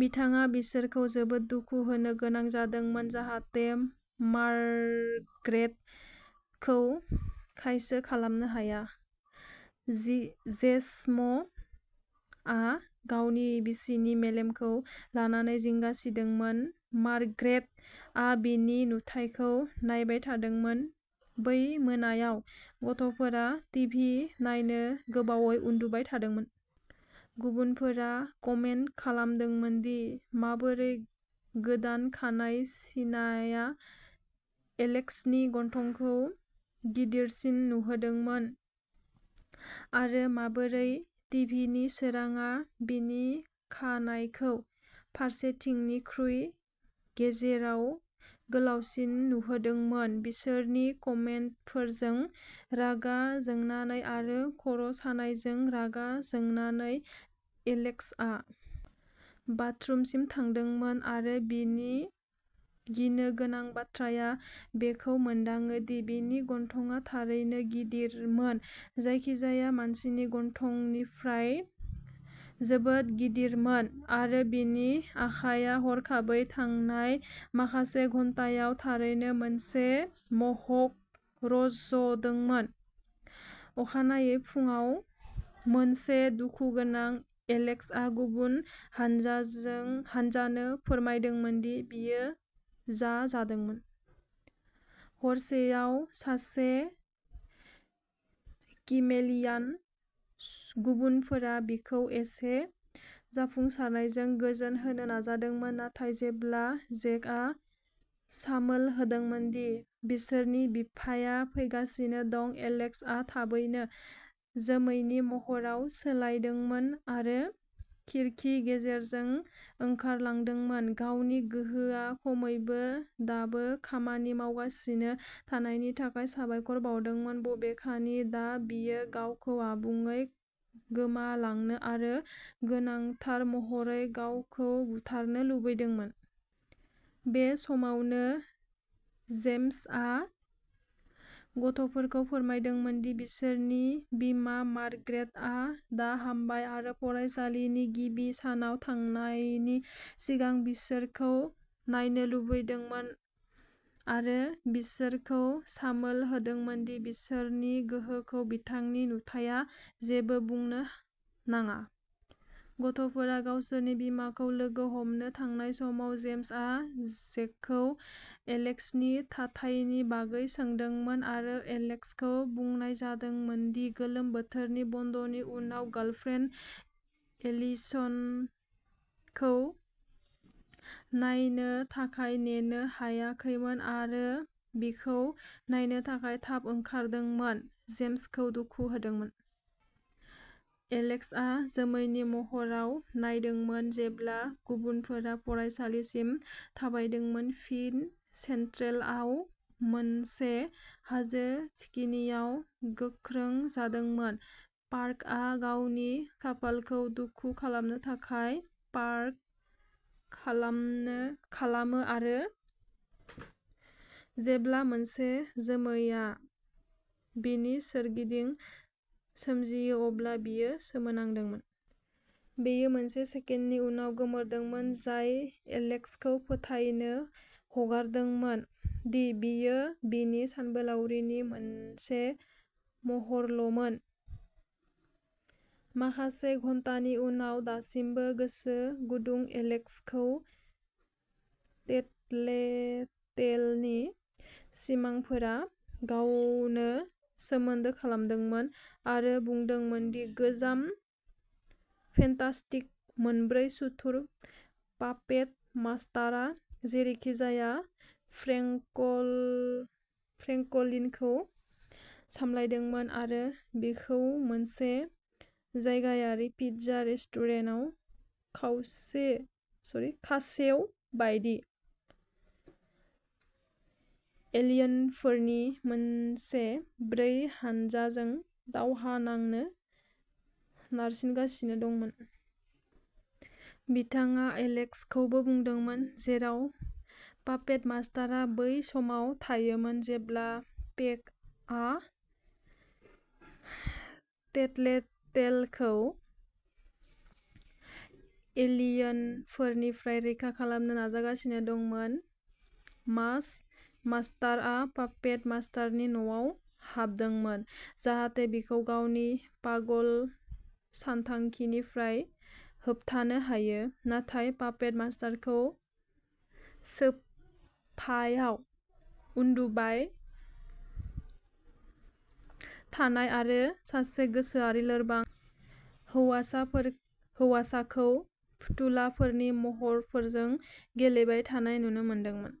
बिथाङा बिसोरखौ जोबोद दुखु होनो गोनां जादोंमोन जाहाथे मार्ग्रेट खौ खायसो खालामनो हाया। जि जेसम आ गावनि बिसिनि मेलेमखौ लानानै जिंगा सिदोंमोन, मार्ग्रेट आ बिनि नुथायखौ नायबाय थादोंमोन। बै मोनायाव गथ'फोरा टिभि नायनो गोबावै उन्दुबाय थादोंमोन। गुबुनफोरा कमेन्त खालामदोंमोन दि माबोरै गोदान खानाय सिनाया एलेक्स नि गन्थंखौ गिदिरसिन नुहोदोंमोन आरो माबोरै टिभिनि सोरांआ बिनि खानाइखौ फारसेथिंनिख्रुइ गेजेराव गोलावसिन नुहोदोंमोन। बिसोरनि कमेन्तफोरजों रागा जोंनानै आरो खर'सानायजों रागा जोंनानै, एलेक्स आ बाथरुमसिम थांदोंमोन आरो बिनि गिनो गोनां बाथ्राया बेखौ मोनदाङो दि बिनि गन्थंआ थारैनो गिदिरमोन जायखिजाया मानसिनि गन्थंनिफ्राय जोबोद गिदिरमोन आरो बिनि आखाया हरखाबै थांनाय माखासे घन्टायाव थारैनो मोनसे मह'क रज'दोंमोन अखानायै फुंआव मोनसे दुखुगोनां एलेक्स आ गुबुन हानजाजों हानजानो फोरमायदोंमोन दि बियो जा जादोंमोन। हरसेआव सासे किमेलियान। गुबुनफोरा बिखौ एसे जाफुंसारनायजों गोजोन होनो नाजादोंमोन, नाथाय जेब्ला जेकआ सामोल होदोंमोन दि बिसोरनि बिफाया फैगासिनो दं एलेक्स आ थाबैनो जोमैनि महराव सोलायदोंमोन आरो खिरखि गेजेरजों ओंखारलांदोंमोन, गावनि गोहोआ खमैबो दाबो खामानि मावगासिनो थानायनि थाखाय साबायखर बावदोंमोन, बबेखानि दा बियो गावखौ आबुङै गोमालांनो आरो गोनांथार महरै गावखौ बुथारनो लुबैदोंमोन। बे समावनो जेम्स आ गथ'फोरखौ फोरमायदोंमोन दि बिसोरनि बिमा मार्ग्रेट आ दा हामबाय आरो फरायसालिनि गिबि सानाव थांनायनि सिगां बिसोरखौ नायनो लुबैदोंमोन आरो बिसोरखौ सामोल होदोंमोन दि बिसोरनि गोहोखौ बिथांनि नुथाया जेबो बुंनो नाङा। गथ'फोरा गावसोरनि बिमाखौ लोगो हमनो थांनाय समाव, जेम्स आ जेकखौ एलेक्स नि थाथायनि बागै सोंदोंमोन आरो एलेक्स खौ बुंनाय जादोंमोन दि गोलोम बोथोरनि बन्द'नि उनाव गार्लफ्रेन्ड एलिसनखौ नायनो थाखाय नेनो हायाखैमोन आरो बिखौ नायनो थाखाय थाब ओंखारदोंमोन, जेम्स खौ दुखु होदोंमोन। एलेक्स आ जोमैनि महराव नायदोंमोन जेब्ला गुबुनफोरा फरायसालिसिम थाबायदोंमोन, फिन सेन्ट्रेलआव मोनसे हाजो थिखिनियाव गोख्रों जादोंमोन। पार्कआ गावनि खाफालखौ दुखु खालामनो थाखाय पार्क खालामनो खालामो आरो जेब्ला मोनसे जोमैआ बिनि सोरगिदिं सोमजियो अब्ला बियो सोमोनांदोंमोन। बेयो मोनसे सेकेन्डनि उनाव गोमोरदोंमोन, जाय एलेक्स खौ फोथायनो हगारदोंमोन दि बेयो बिनि सानबोलावरिनि मोनसे महरल'मोन। माखासे घन्टानि उनाव दासिमबो गोसो गुदुं एलेक्स खौ टेटलेटेलनि सिमांफोरा गावनो सोमोन्दो खालामदोंमोन आरो बुंदोंमोन दि गोजाम फेन्टास्टिक मोनब्रै सुथुर पापेट मास्टारआ जेरैखिजाया फ्रेंकल फ्रेंकलिनखौ सामलायदोंमोन आरो बिखौ मोनसे जायगायारि पिज्जा रेस्टुरेन्टआव खावसे सरि खासेव बायदि एलियनफोरनि मोनसे ब्रै हानजाजों दावहा नांनो नारसिनगासिनो दंमोन। बिथाङा एलेक्स खौबो बुंदोंमोन जेराव पापेट मास्टारआ बै समाव थायोमोन। जेब्ला पेकआ टेटलेटेलखौ एलियनफोरनिफ्राय रैखा खालामनो नाजागासिनो दंमोन, मास मास्टार आ पापेट मास्टारनि न'आव हाबदोंमोन जाहाथे बिखौ गावनि पागल सानथांखिनिफ्राय होबथानो हायो, नाथाय पापेट मास्टारखौ सोफायाव उन्दुबाय थानाय आरो सासे गोसोआरि लोरबां हौवाफोर हौवासाखौ फुथुलाफोरनि महरफोरजों गेलेबाय थानाय नुनो मोनदोंमोन।